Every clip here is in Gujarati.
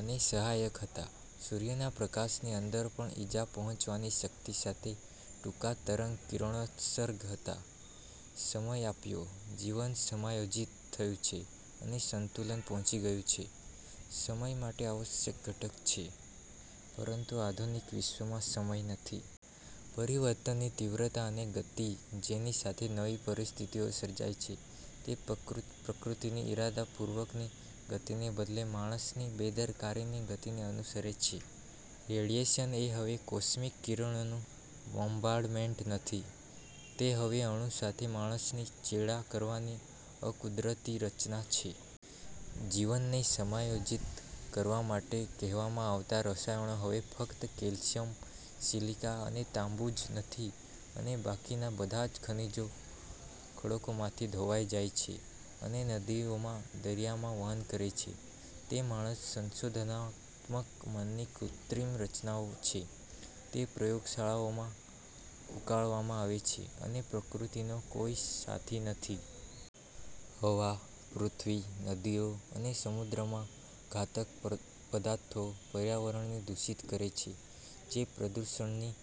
અને સહાયક હતા. સૂર્યના પ્રકાશની અંદર પણ, ઇજા પહોંચાવાની શક્તિ સાથે ટૂંકા તરંગ કિરણોત્સર્ગ હતા. સમય આપ્યો, જીવન સમાયોજિત થયું છે અને સંતુલન પહોંચી ગયું છે. સમય માટે આવશ્યક ઘટક છે, પરંતુ આધુનિક વિશ્વમાં સમય નથી. પરિવર્તનની તીવ્રતા અને ગતિ જેની સાથે નવી પરિસ્થિતિઓ સર્જાય છે તે પ્રકૃતિની ઇરાદાપૂર્વકની ગતિને બદલે માણસની બેદરકારીની ગતિને અનુસરે છે. રેડિયેશન એ હવે કોસ્મિક કિરણોનું બોમ્બાર્ડમેન્ટ નથી. તે હવે અણુ સાથે માણસની ચેડા કરવાની અકુદરતી રચના છે. જીવનને સમાયોજીત કરવા માટે કહેવામાં આવતા રસાયણો હવે ફક્ત કેલ્શિયમ, સિલિકા અને તાંબુ જ નથી અને બાકીના બધા ખનિજો ખડકોમાંથી ધોવાઇ જાય છે અને નદીઓમાં દરિયામાં વહન કરે છે. તે માણસના સંશોધનાત્મક મનની કૃત્રિમ રચનાઓ છે, તેની પ્રયોગશાળાઓમાં ઉકાળવામાં આવે છે, અને પ્રકૃતિનો કોઈ સાથી નથી. હવા, પૃથ્વી, નદીઓ અને સમુદ્રમાં ઘાતક પદાર્થો, પર્યાવરણને દૂષિત કરે છે, જે પ્રદૂષણની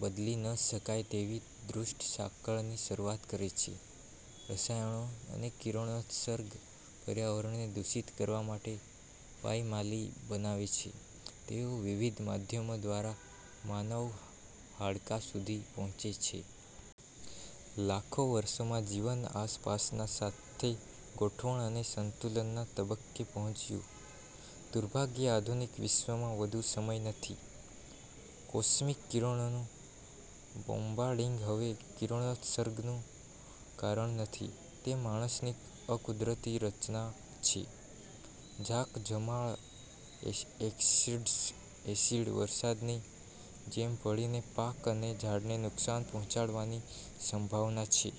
બદલી ન શકાય તેવી દુષ્ટ સાંકળની શરૂઆત કરે છે. રસાયણો અને કિરણોત્સર્ગ પર્યાવરણને દૂષિત કરવા માટે પાયમાલી બનાવે છે. તેઓ વિવિધ માધ્યમો દ્વારા માનવ હાડકાં સુધી પહોંચે છે. લાખો વર્ષોમાં જીવન આસપાસના સાથે ગોઠવણ અને સંતુલનના તબક્કે પહોંચ્યું. દુર્ભાગ્યે, આધુનિક વિશ્વમાં વધુ સમય નથી. કોસ્મિક કિરણોનું બોમ્બાર્ડિંગ હવે કિરણોત્સર્ગનું કારણ નથી, તે માણસની અકુદરતી રચના છે. ઝાકઝમાળ એસિડ્સ, એસિડ વરસાદની જેમ પડીને પાક અને ઝાડને નુકસાન પહોંચાડવાની સંભાવના છે.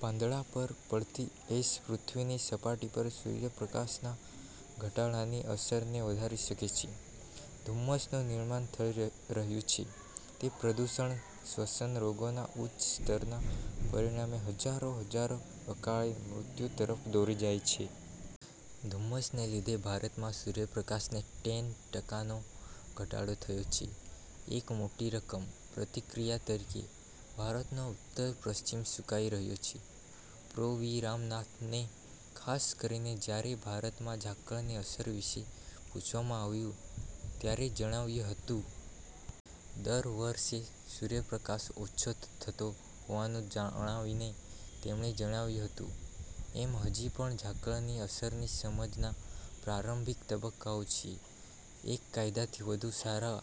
પાંદડા પર પડતી એશ પૃથ્વીની સપાટી પર સૂર્યપ્રકાશના ઘટાડાની અસરને વધારી શકે છે. ધુમ્મસનું નિર્માણ થઈ રહ્યું છે તે પ્રદૂષણ, શ્વસન રોગોના ઉચ્ચ સ્તરના પરિણામે હજારો હજારો અકાળે મૃત્યુ તરફ દોરી જાય છે. ધુમ્મસને લીધે ભારતમાં સૂર્યપ્રકાશને ટેન ટકાનો ઘટાડો થયો છે એક મોટી રકમ! પ્રતિક્રિયા તરીકે, ભારતનો ઉત્તર પશ્ચિમ સુકાઈ રહ્યો છે. પ્રો. વી. રામાનાથને ખાસ કરીને જ્યારે ભારતમાં ઝાકળની અસર વિશે પૂછવામાં આવ્યું ત્યારે જણાવ્યું હતું. દર વર્ષે સૂર્યપ્રકાશ ઓછો થતો હોવાનું જણાવીને તેમણે જણાવ્યું હતું. અમે હજી પણ ઝાકળની અસરની સમજના પ્રારંભિક તબક્કામાં છીએ. એક દાયકાથી વધુ સારા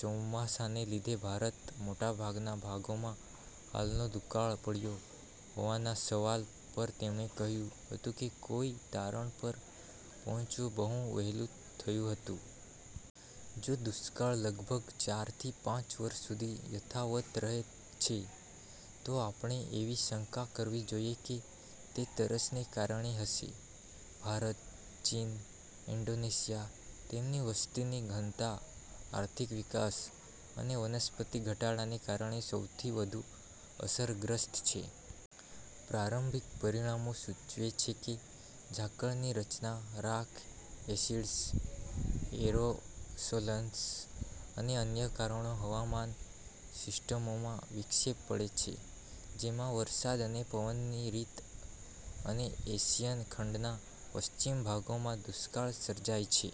ચોમાસાને લીધે ભારતના મોટાભાગના ભાગોમાં હાલનો દુકાળ પડ્યો હોવાના સવાલ પર તેમણે કહ્યું હતું કે કોઈ તારણ પર પહોંચવું બહુ વહેલું થયું હતું. જો દુષ્કાળ લગભગ ચારથી પાંચ વર્ષ સુધી યથાવત રહે છે, તો આપણે એવી શંકા શરૂ કરવી જોઈએ કે તે તરસને કારણે હશે. ભારત, ચીન અને ઇન્ડોનેશિયા તેમની વસ્તીની ઘનતા, આર્થિક વિકાસ અને વનસ્પતિના ઘટાડાને કારણે સૌથી વધુ અસરગ્રસ્ત છે. પ્રારંભિક પરિણામો સૂચવે છે કે, ઝાકળની રચના, રાખ, એસિડ્સ, એરોસોલ્સ અને અન્ય કણોનો હવામાન સિસ્ટમોમાં વિક્ષેપ પડે છે, જેમાં વરસાદ અને પવનની રીત અને એશિયન ખંડના પશ્ચિમ ભાગોમાં દુષ્કાળ સર્જાય છે.